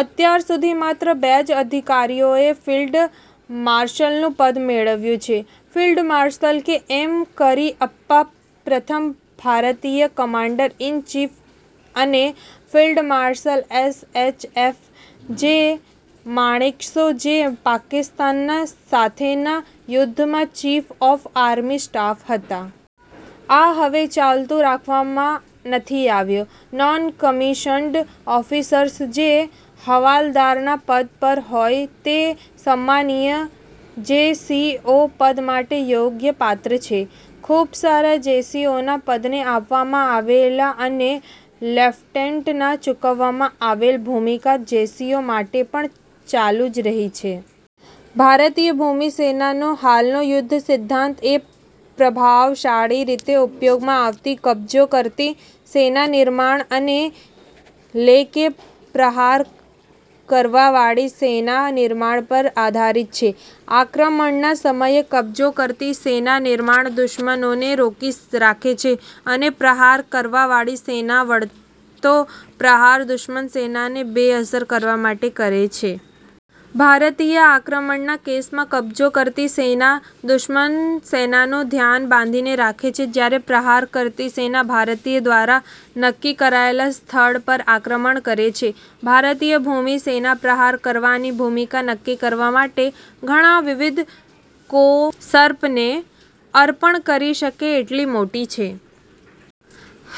અત્યાર સુધી માત્ર બે જ અધિકારીઓ એ ફિલ્ડ માર્શલનું પદ મેળવ્યું છે: field marshal K M Cariappa પ્રથમ ભારતીય કમાન્ડર ઈન ચીફ અને field marshal S H F J Manekshaw, જે પાકિસ્તાનના સાથેના યુદ્ધમાં ચીફ ઓફ આર્મી સ્ટાફ હતા. આ હવે ચાલુ રાખવામાં નથી આવ્યું. નોન કમિશન્ડ ઓફિસર્સ જે હવાલદારના પદ પર હોય તે સમ્માનીય જે. સી. ઓ પદ માટે યોગ્યપાત્ર છે. ખૂબ સારા જેસીઓના પદને આપવામાં આવેલા અને લેફટેનન્ટના ચૂકવવામાં આવેલ, ભૂમિકા જેસીઓ માટે પણ ચાલુ જ રહી છે. ભારતીય ભૂમિ સેનાનો હાલનો યુદ્ધ સિદ્ધાંત એ પ્રભાવશાળી રીતે ઉપયોગમાં આવતી કબજો કરતી સેના નિર્માણ અને લે કે પ્રહાર કરવાવાળી સેના નિર્માણ પર આધારિત છે. આક્રમણના સમયે, કબજો કરતી સેના નિર્માણ દુશ્મનને રોકી રાખે છે અને પ્રહાર કરવાવાળી સેના વળતો પ્રહાર દુશ્મન સેનાને બેઅસર કરવા માટે કરે છે. ભારતીય આક્રમણના કેસમાં, કબજો કરતી સેના દુશ્મન સેનાનું ધ્યાન બાંધી રાખે છે જ્યારે પ્રહાર કરતી સેના ભારતીય દ્વારા નક્કી કરાયેલા સ્થળ પર આક્રમણ કરે છે. ભારતીય ભૂમિ સેના પ્રહાર કરવાની ભૂમિકા નક્કી કરવા માટે ઘણા વિવિધ કોર્સ્પને અપર્ણ કરી શકે એટલી મોટી છે.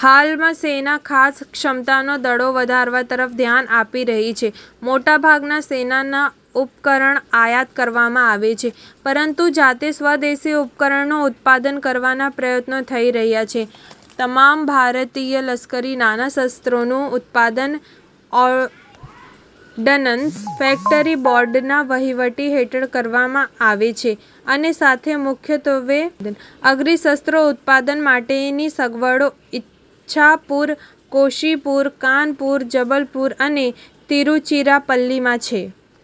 હાલમાં, સેના ખાસ ક્ષમતા દળો વધારવા તરફ ધ્યાન આપી રહી છે. મોટાભાગના સેનાના ઉપકરણ આયાત કરવામાં આવે છે, પરંતુ જાતે સ્વદેશી ઉપકરણનું ઉત્પાદન કરવાના પ્રયત્નો થઈ રહ્યા છે. તમામ ભારતીય લશ્કરી નાના શસ્ત્રોનું ઉત્પાદન ઓર્ડનન્સ ફેકટરી બોર્ડના વહીવટ હેઠળ કરવામાં આવે છે, અને સાથે મુખ્યત્વે અગ્નિશસ્ત્રો ઉત્પાદન માટેની સગવડો ઈચ્છાપુર, કોસીપોર, કાનપુર, જબલપુર અને તિરુચીરાપલ્લીમાં છે.